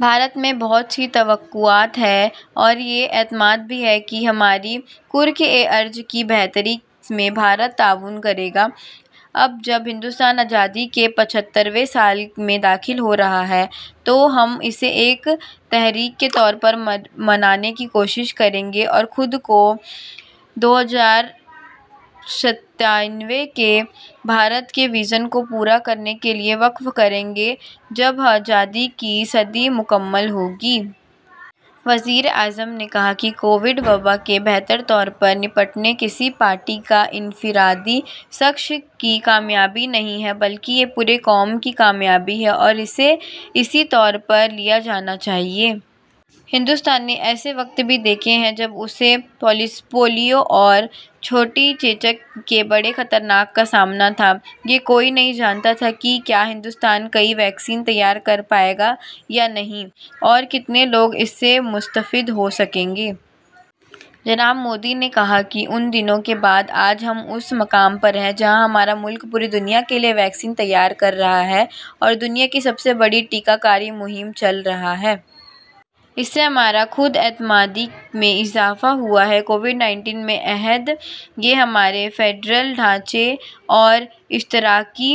بھارت سے بہت سی توقعات ہیں اور یہ اعتماد بھی ہے کہ ہماری کرۂ ارض کی بہتری میں بھارت تعاون کرے گا۔ اب جب کہ ہندوستان آزادی کے پچھترویں سال میں داخل ہو رہا ہے تو ہم اسے ایک تحریک کے طور پر منانے کی کوشش کریں گے اور خود کو دو ہزار سینتالیس کے بھارت کے ویژن کو پورا کرنے کے لیے وقف کریں گے، جب آزادی کی صدی مکمل ہوگی۔ وزیر اعظم نے کہا کہ کووڈ وبا سے بہتر طور پر نمٹنا کسی پارٹی یا انفرادی شخص کی کامیابی نہیں ہے بلکہ یہ پوری قوم کی کامیابی ہے اور اسے اسی طور سے لیا جانا چاہیے۔ ہندوستان نے ایسا وقت بھی دیکھا ہے جب اسے پولیو اور چھوٹی چیچک کے بڑے خطرات کا سامنا تھا۔ یہ کوئی نہیں جانتا تھا کہ آیا ہندوستان کوئی ویکسین تیار کر پائے گا یا نہیں اور کتنے لوگ اس سے مستفید ہو سکیں گے۔ جناب مودی نے کہا کہ ان دنوں کے بعد آج ہم اس جگہ ہیں جہاں ہمارا ملک پوری دنیا کے لیے ویکسین تیار کر رہا ہے اور دنیا کی سب سے بڑی ٹیکہ کاری مہم چلا رہا ہے۔ اس سے ہماری خود اعتمادی میں اضافہ ہوا ہے۔ کووڈ انیس کے عہد میں ہمارے وفاقی ڈھانچے اور اشتراکی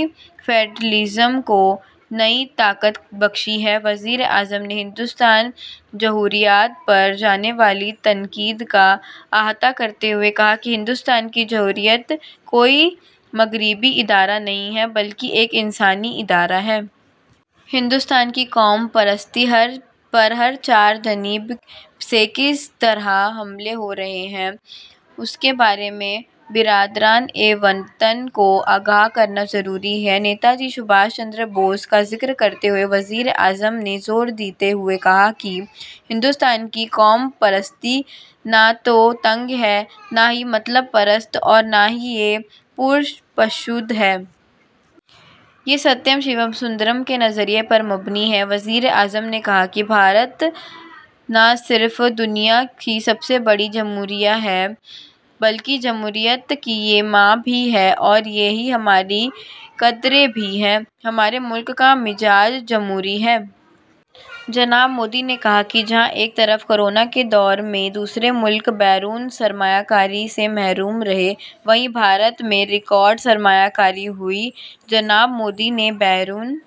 وفاق کو نئی طاقت بخشی ہے۔ وزیر اعظم نے ہندوستانی جمہوریت پر کی جانے والی تنقید کا احاطہ کرتے ہوئے کہا کہ ہندوستان کی جمہوریت کوئی مغربی ادارہ نہیں ہے بلکہ ایک انسانی ادارہ ہے۔ ہندوستان کی قوم پرستی پر ہر چہار جانب سے جس طرح حملے ہو رہے ہیں، اس کے بارے میں برادران وطن کو آگاہ کرنا ضروری ہے۔ نیتا جی سبھاش چندر بوس کا ذکر کرتے ہوئے وزیر اعظم نے زور دیتے ہوئے کہا کہ ہندوستان کی قوم پرستی نہ تو تنگ ہے، نہ ہی مطلب پرست اور نہ ہی یہ جارح ہے۔ یہ ستیم، شیوم، سندرم کے نظریے پر مبنی ہے۔ وزیر اعظم نے کہا کہ بھارت نہ صرف یہ کہ دنیا کی سب سے بڑی جمہوریت ہے بلکہ جمہوریت کی یہ ماں بھی ہے اور یہ ہماری اقدار بھی ہیں، ہمارے ملک کا مزاج جمہوری ہے۔ جناب مودی نے کہا کہ جہاں ایک طرف کورونا کے دور میں دوسرے ملک غیر ملکی سرمایہ کاری سے محروم رہے، بھارت میں ریکارڈ سرمایہ کاری ہوئی۔ جناب مودی نے غیر ملکی